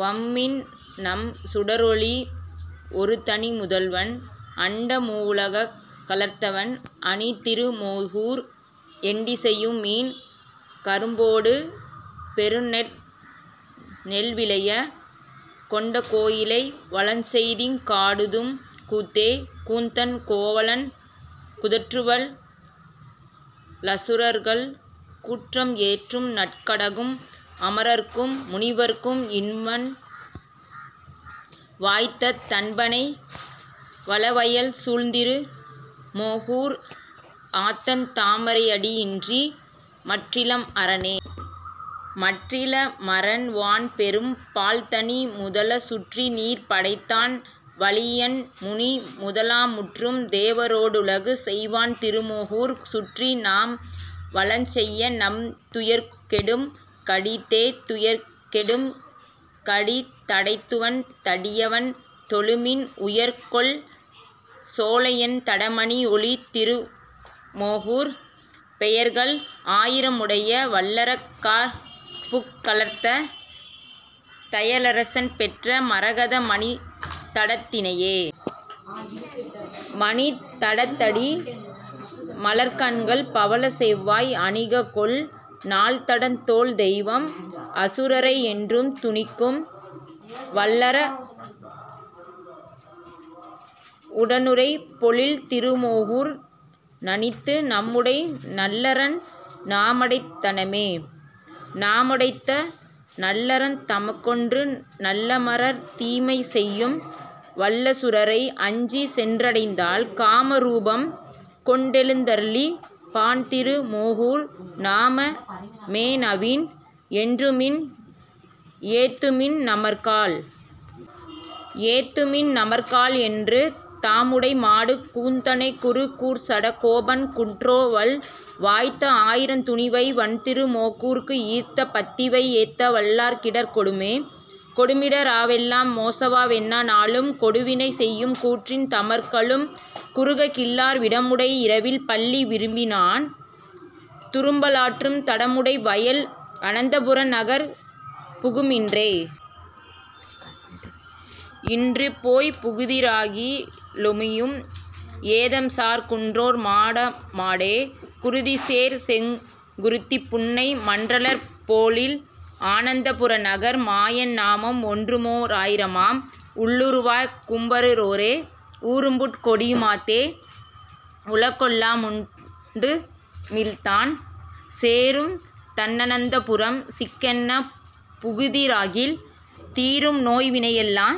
வம்மின்நம் சுடரொளி யொருதனி முதல்வன்। அண்ட மூவுல களந்தவன் அணிதிரு மோகூர் எண்டி சையுமீன் கரும்பொடு பொருஞ்செந்நெல் விளைய கொண்ட கோயிலை வலஞ்செய்திங் காடுதும் கூத்தே.. கூத்தன் கோவலன் குதற்றுவல் லசுரர்கள் கூற்றம் ஏத்தும் நங்கடகும் அமரர்க்கும் முனிவர்க்கும் இன்பன் வாய்த்த தண்பணை வளவயல் சூழ்திரு மோகூர் ஆத்தன் தாமரை யடியன்றி மற்றிலம் அரணே.. மற்றி லமரண் வான்பெரும் பாழ்தனி முதலா சுற்று நீர்படைத் ததன்வழித் தொன்முனி முதலா முற்றும் தேவரோ டுலகுசெய் வான்திரு மோகூர் சுற்றி நாம்வலஞ் செய்யநம் துயர்கெடும் கடிதெ.. துயர்கெ டும்கடி தடைந்துவன் தடியவர் தொழுமின் உயர்கொள் சோலையொண் தடமணி யொளிதிரு மோகூர் பெயர்கள் ஆயிர முடையவல் லரக்கர்புக் கழுந்த தயரதன் பெற்ற மரதக மணித்தடத் தினையே.. மணித்த டத்தடி மலர்க்கண்கள் பவளச் செவ்வாய் அணிககொள் நால்தடந் தோள்தெய்வம் அசுரரை யென்றும் துணிக்கும் வல்லரட் டனுறை பொழில்திரு மோகூர் நணித்து நம்முடை நல்லரண் நாமடைந் தனமே.. நாம டைந்தநல் லரண்தமக் கென்றுநல் லமரர் தீமை செய்யும்வல் லசுரரை யஞ்சிச்சென் றடைந்தால் காம ரூபம்கொண் டெழுந்தளிப் பான்திரு மோகூர் நாம மேநவின் றெண்ணுமின் ஏத்துமின் நமர்காள்.. ஏத்து மின்நமர் காள் என்று தான்குட மாடு கூத்தனை குரு கூர்ச்சட கோபன்குற் றோவல் வாய்த்த ஆயிரத் துள்ளிவை வண்திரு மோகூர்க்கு ஈத்த பத்திவை யேத்தவல் லார்க்கிடர் கொடுமே. கொடுமிட ராயவெல்லாம் கேசவா வென்ன நாளும் கொடுவினை செய்யும்கூற்றின் தமர்களும் குறுககில்லார் விடமுடை யரவில்பள்ளி விரும்பினான் துரும்பலற்றும் தடமுடை வயல் அனந்தபுரநகர்ப் புகுதுமின்றே.. இன்றுபோய்ப் புகுதிராகி லெழுமையும் ஏதம்சார குன்றோர் மாடமாடே குருந்துசேர் செருந்திபுன்னை மன்றலர் போழில் அனந்தபுரநகர் மாயன்நாமம் ஒன்றுமோ ராயிரமாம் உள்ளுவார்க் கும்பரூரே.. ஊரும்புட் கொடியுமஃதே யுலகொல்லாமுண்டுமிழ்ந்தான் சேரும்தண் ணனந்தபுரம் சிக்கெனப் புகுதிராகில் தீரும்நோய்வினைகளெல்லாம்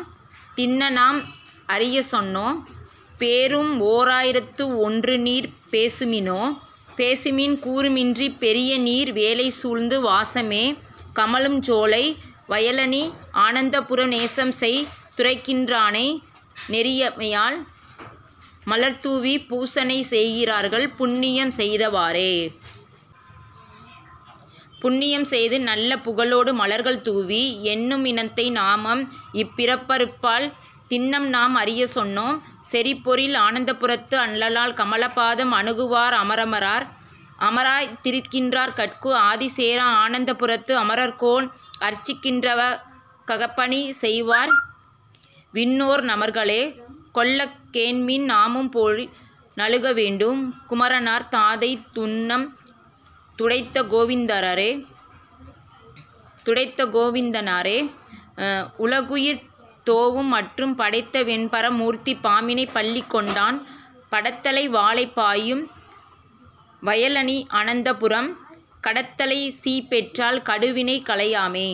திண்ணநாம் அறியச்சொன்னோம் பேரும் ஓராயிரத்துள் ஒன்றுநீர் பேசுமிநோ.. பேசுமின் கூறுமின்றிப் பெரியநீர் வேலைசூழ்ந்து வாசமே கமழுஞ்சோலை வயலணி யனந்தபுரம் நேசம்செய் துறைகின்றானை நெறிமையால் மலர்கள்தூவி பூசனை செய்கின்றார்கள் புண்ணியம் செய்தவாறே.. புண்ணியம் செய்துநல்ல புகலொடு மலர்கள்தூவி எண்ணுமி னெந்தைநாமம் இப்பிறப் பறுக்குமப்பால் திண்ணம்நாம் அறியச்சொன்னோம் செறிபொழில் அனந்தபுரத்து அண்ணலார் கமலபாதம் அணுகுவார் அமரராவார்.. அமரராய்த் திரிகின்றார்கட்கு ஆதிசேர அனந்தபுரத்து அமரர்கோன் அர்ச்சிக்கின்றங் ககப்பணி செய்வர்விண்ணோர் நமர்களோ. சொல்லக்கேண்மின் நாமும்போய் நணுகவேண்டும் குமரனார் தாதைதுன்பம் துடைத்தகோ விந்தனாரே.. துடைத்தகோ விந்தனாரே யுலகுயிர் தோவும்மற்றும் படைத்தவெம் பரமமூர்த்தி பாம்பணைப் பள்ளிகொண்டான் மடைத்தலை வாளைபாயும் வயலணியனந்தபுரம் கடைத்தலை சீய்க்கப்பெற்றால் கடுவினை களையலாமே..